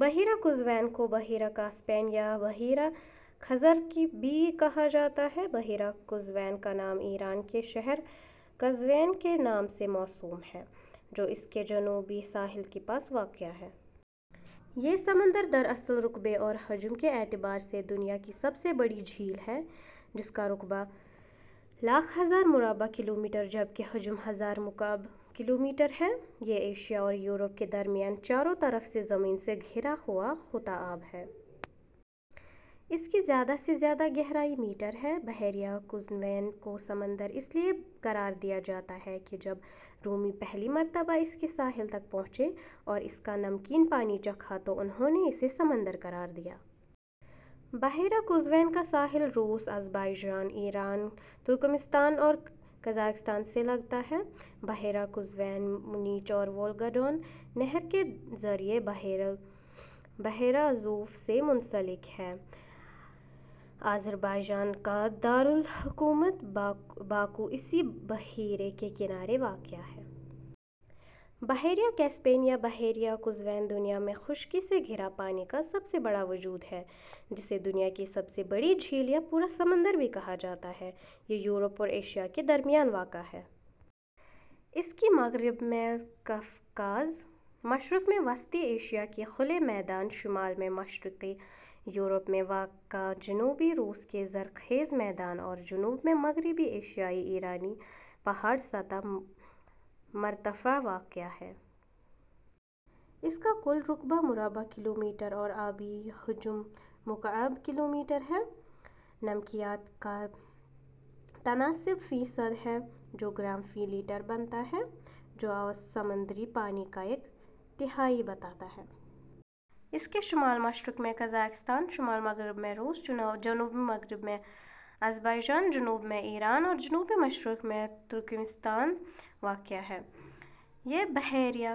بحیرہ قزوین کو بحیرہ کاسپین یا بحیرہ خزر بھی کہا جاتا ہے۔ بحیرہ قزوین کا نام ایران کے شہر قزوین کے نام سے موسوم ہے، جو اس کے جنوبی ساحل کے پاس واقع ہے۔ یہ سمندر دراصل رقبے اور حجم کے اعتبار سے دنیا کی سب سے بڑی جھیل ہے، جس کا رقبہ لاکھ ہزار مربع کلومیٹر جبکہ حجم ہزار مکعب کلومیٹر ہے۔ یہ ایشیا اور یورپ کے درمیان چاروں طرف سے زمین سے گھرا ہوا خطہ آب ہے۔ اس کی زیادہ سے زیادہ گہرائی میٹر ہے۔ بحیرہ قزوین کو سمندر اس لیے قرار دیا جاتا ہے کہ جب رومی پہلی مرتبہ اس کے ساحل تک پہنچے اور اس کا نمکین پانی چکھا تو انھوں نے اسے سمندر قرار دیا۔ بحیرہ قزوین کا ساحل روس ، آذربائجان ، ایران ، ترکمانستان اور قازقستان سے لگتا ہے۔ بحیرہ قزوین منیچ اور وولگا ڈون نہر کے ذریعے بحیرہ ازوف سے منسلک ہے۔ آذربائجان کا دار الحکومت باکو اسی بحیرہ کے کنارے واقع ہے۔ بحیرہ کیسپیئن یا بحیرہ قزوین دنیا میں خشکی سے گھرا پانی کا سب سے بڑا وجود ہے جسے دنیا کی سب سے بڑی جھیل یا پورا سمندر بھی کہا جاتا ہے۔ یہ یورپ اور ایشیا کے درمیان واقع ہے۔ اس کے مغرب میں قفقاز ، مشرق میں وسطی ایشیا کے کھلے میدان، شمال میں مشرقی یورپ میں واقع جنوبی روس کے زرخیز میدان اور جنوب میں مغربی ایشیائی ایرانی پہاڑی سطح مرتفع واقع ہیں۔ اس کا کل رقبہ ،، مربع کلومیٹر اور آبی حجم ، مکعب کلومیٹر ہے۔ نمکیات کا تناسب ء فیصد ہے جو گرام فی لیٹر بنتا ہے جو اوسط سمندری پانی کا ایک تہائی بتا ہے۔ اس کے شمال مشرق میں قازقستان ، شمال مغرب میں روس ، جنوب مغرب میں آذربائیجان ، جنوب میں ایران اور جنوب مشرق میں ترکمانستان واقع ہیں۔ یہ بحیرہ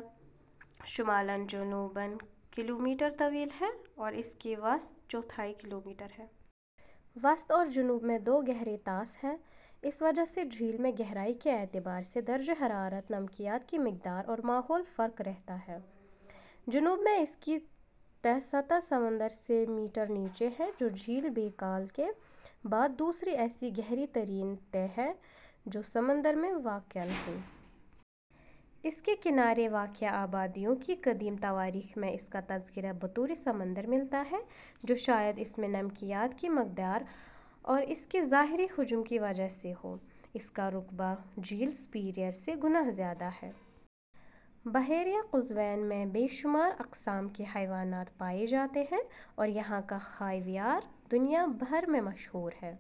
شمالاً جنوباً ، کلومیٹر طویل ہے اور اس کی اوسط چوڑائی کلومیٹر ہے۔ وسط اور جنوب میں دو گہرے طاس ہیں۔ اس وجہ سے جھیل میں گہرائی کے اعتبار سے درجہ حرارت، نمکیات کی مقدار اور ماحول فرق رہتا ہے۔ جنوب میں اس کی تہ سطح سمندر سے ، میٹر نیچے ہے جو جھیل بیکال کے بعد دوسری ایسی گہری ترین تہ ہے جو سمندر میں واقع نہیں۔ اس کے کنارے واقع آبادیوں کی قدیم تواریخ میں اس کا تذکرہ بطور سمندر ملتا ہے جو شاید اس میں نمکیات کی مقدار اور اس کے ظاہری حجم کی وجہ سے ہو۔ اس کا رقبہ جھیل سپیریئر سے گنا زیادہ ہے۔ بحیرہ قزوین میں بے شمار اقسام کے حیوانات پائے جاتے ہیں اور یہاں کا خاویار دنیا بھر میں مشہور ہیں۔